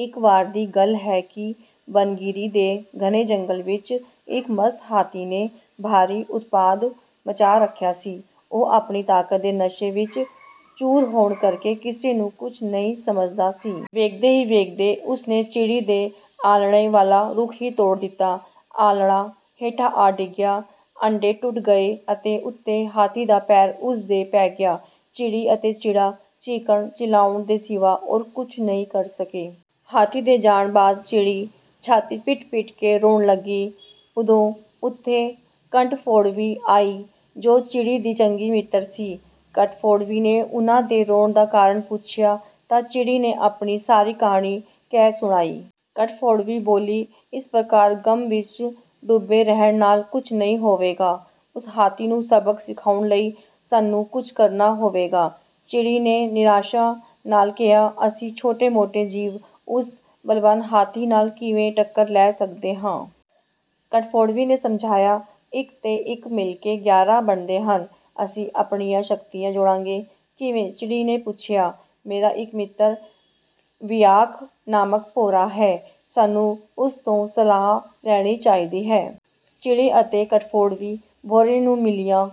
ਇੱਕ ਵਾਰ ਦੀ ਗੱਲ ਹੈ ਕਿ ਬਨਗਿਰੀ ਦੇ ਘਣੇ ਜੰਗਲ ਵਿੱਚ ਇੱਕ ਮਸਤ ਹਾਥੀ ਨੇ ਭਾਰੀ ਉਤਪਾਤ ਮਚਾ ਰੱਖਿਆ ਸੀ। ਉਹ ਆਪਣੀ ਤਾਕਤ ਦੇ ਨਸ਼ੇ ਵਿੱਚ ਚੂਰ ਹੋਣ ਕਰਕੇ ਕਿਸੇ ਨੂੰ ਕੁਝ ਨਹੀਂ ਸਮਝਦਾ ਸੀ। ਵੇਖਦੇ ਹੀ ਵੇਖਦੇ ਉਸ ਨੇ ਚਿੜੀ ਦੇ ਆਲ੍ਹਣੇ ਵਾਲਾ ਰੁੱਖ ਵੀ ਤੋੜ ਦਿੱਤਾ। ਆਲ੍ਹਣਾ ਹੇਠਾਂ ਆ ਡਿੱਗਿਆ, ਆਂਡੇ ਟੁੱਟ ਗਏ ਅਤੇ ਉੱਤੋਂ ਹਾਥੀ ਦਾ ਪੈਰ ਉਸ 'ਤੇ ਪੈ ਗਿਆ। ਚਿੜੀ ਅਤੇ ਚਿੜਾ ਚੀਕਣ-ਚਿਲਾਉਣ ਦੇ ਸਿਵਾ ਹੋਰ ਕੁਝ ਨਹੀਂ ਕਰ ਸਕੇ। ਹਾਥੀ ਦੇ ਜਾਣ ਬਾਅਦ ਚਿੜੀ ਛਾਤੀ ਪਿੱਟ-ਪਿੱਟ ਕੇ ਰੋਣ ਲੱਗੀ। ਉਦੋਂ ਉੱਥੇ ਕੱਠਫੋੜਵੀ ਆਈ, ਜੋ ਚਿੜੀ ਦੀ ਚੰਗੀ ਮਿੱਤਰ ਸੀ। ਕੱਠਫੋੜਵੀ ਨੇ ਉਹਨਾਂ ਦੇ ਰੋਣ ਦਾ ਕਾਰਨ ਪੁੱਛਿਆ ਤਾਂ ਚਿੜੀ ਨੇ ਆਪਣੀ ਸਾਰੀ ਕਹਾਣੀ ਕਹਿ ਸੁਣਾਈ। ਕੱਠਫੋੜਵੀ ਬੋਲੀ, "ਇਸ ਪ੍ਰਕਾਰ ਗ਼ਮ ਵਿੱਚ ਡੁੱਬੇ ਰਹਿਣ ਨਾਲ ਕੁਝ ਨਹੀਂ ਹੋਵੇਗਾ। ਉਸ ਹਾਥੀ ਨੂੰ ਸਬਕ ਸਿਖਾਉਣ ਲਈ ਸਾਨੂੰ ਕੁਝ ਕਰਨਾ ਹੋਵੇਗਾ।" ਚਿੜੀ ਨੇ ਨਿਰਾਸ਼ਾ ਨਾਲ ਕਿਹਾ, "ਅਸੀਂ ਛੋਟੇ-ਮੋਟੇ ਜੀਵ ਉਸ ਬਲਵਾਨ ਹਾਥੀ ਨਾਲ ਕਿਵੇਂ ਟੱਕਰ ਲੈ ਸਕਦੇ ਹਾਂ?" ਕੱਠਫੋੜਵੀ ਨੇ ਸਮਝਾਇਆ, "ਇੱਕ ਤੇ ਇੱਕ ਮਿਲ ਕੇ ਗਿਆਰਾਂ ਬਣਦੇ ਹਨ। ਅਸੀਂ ਆਪਣੀਆਂ ਸ਼ਕਤੀਆਂ ਜੋੜਾਂਗੇ।" "ਕਿਵੇਂ?" ਚਿੜੀ ਨੇ ਪੁੱਛਿਆ। "ਮੇਰਾ ਇੱਕ ਮਿੱਤਰ ਵੀਂਆਖ ਨਾਮਕ ਭੌਰਾ ਹੈ, ਸਾਨੂੰ ਉਸ ਤੋਂ ਸਲਾਹ ਲੈਣੀ ਚਾਹੀਦੀ ਹੈ।" ਚਿੜੀ ਅਤੇ ਕੱਠਫੋੜਵੀ ਭੌਰੇ ਨੂੰ ਮਿਲੀਆਂ।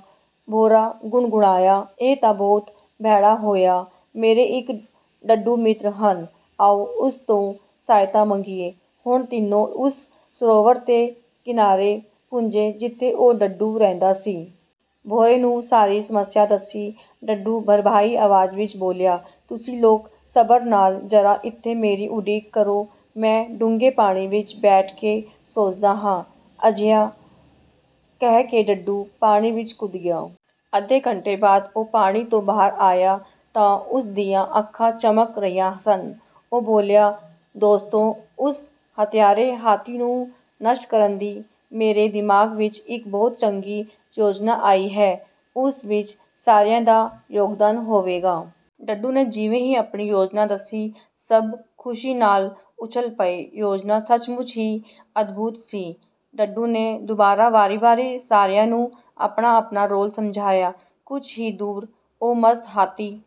ਭੌਰਾ ਗੁਣਗੁਣਾਇਆ, "ਇਹ ਤਾਂ ਬਹੁਤ ਭੈੜਾ ਹੋਇਆ। ਮੇਰੇ ਇੱਕ ਡੱਡੂ ਮਿੱਤਰ ਹਨ, ਆਓ ਉਸ ਤੋਂ ਸਹਾਇਤਾ ਮੰਗੀਏ।" ਹੁਣ ਤਿੰਨੋਂ ਉਸ ਸਰੋਵਰ ਦੇ ਕਿਨਾਰੇ ਪੁੱਜੇ ਜਿੱਥੇ ਉਹ ਡੱਡੂ ਰਹਿੰਦਾ ਸੀ। ਭੌਰੇ ਨੇ ਸਾਰੀ ਸਮੱਸਿਆ ਦੱਸੀ। ਡੱਡੂ ਭਰੜਾਈ ਆਵਾਜ਼ ਵਿੱਚ ਬੋਲਿਆ, "ਤੁਸੀਂ ਲੋਕ ਸਬਰ ਨਾਲ ਜ਼ਰਾ ਇੱਥੇ ਮੇਰੀ ਉਡੀਕ ਕਰੋ, ਮੈਂ ਡੂੰਘੇ ਪਾਣੀ ਵਿੱਚ ਬੈਠ ਕੇ ਸੋਚਦਾ ਹਾਂ।" ਅਜਿਹਾ ਕਹਿ ਕੇ ਡੱਡੂ ਪਾਣੀ ਵਿੱਚ ਕੁੱਦ ਗਿਆ। ਅੱਧੇ ਘੰਟੇ ਬਾਅਦ ਉਹ ਪਾਣੀ ਤੋਂ ਬਾਹਰ ਆਇਆ ਤਾਂ ਉਸ ਦੀਆਂ ਅੱਖਾਂ ਚਮਕ ਰਹੀਆਂ ਸਨ। ਉਹ ਬੋਲਿਆ, "ਦੋਸਤੋ! ਉਸ ਹੱਤਿਆਰੇ ਹਾਥੀ ਨੂੰ ਨਸ਼ਟ ਕਰਨ ਦੀ ਮੇਰੇ ਦਿਮਾਗ਼ ਵਿੱਚ ਇੱਕ ਬਹੁਤ ਚੰਗੀ ਯੋਜਨਾ ਆਈ ਹੈ, ਉਸ ਵਿੱਚ ਸਾਰਿਆਂ ਦਾ ਯੋਗਦਾਨ ਹੋਵੇਗਾ।" ਡੱਡੂ ਨੇ ਜਿਵੇਂ ਹੀ ਆਪਣੀ ਯੋਜਨਾ ਦੱਸੀ, ਸਭ ਖ਼ੁਸ਼ੀ ਨਾਲ ਉੱਛਲ ਪਏ। ਯੋਜਨਾ ਸਚਮੁੱਚ ਹੀ ਅਦਭੁਤ ਸੀ। ਡੱਡੂ ਨੇ ਦੁਬਾਰਾ ਵਾਰੀ-ਵਾਰੀ ਸਾਰਿਆਂ ਨੂੰ ਆਪਣਾ-ਆਪਣਾ ਰੋਲ ਸਮਝਾਇਆ। ਕੁਝ ਹੀ ਦੂਰ ਉਹ ਮਸਤ ਹਾਥੀ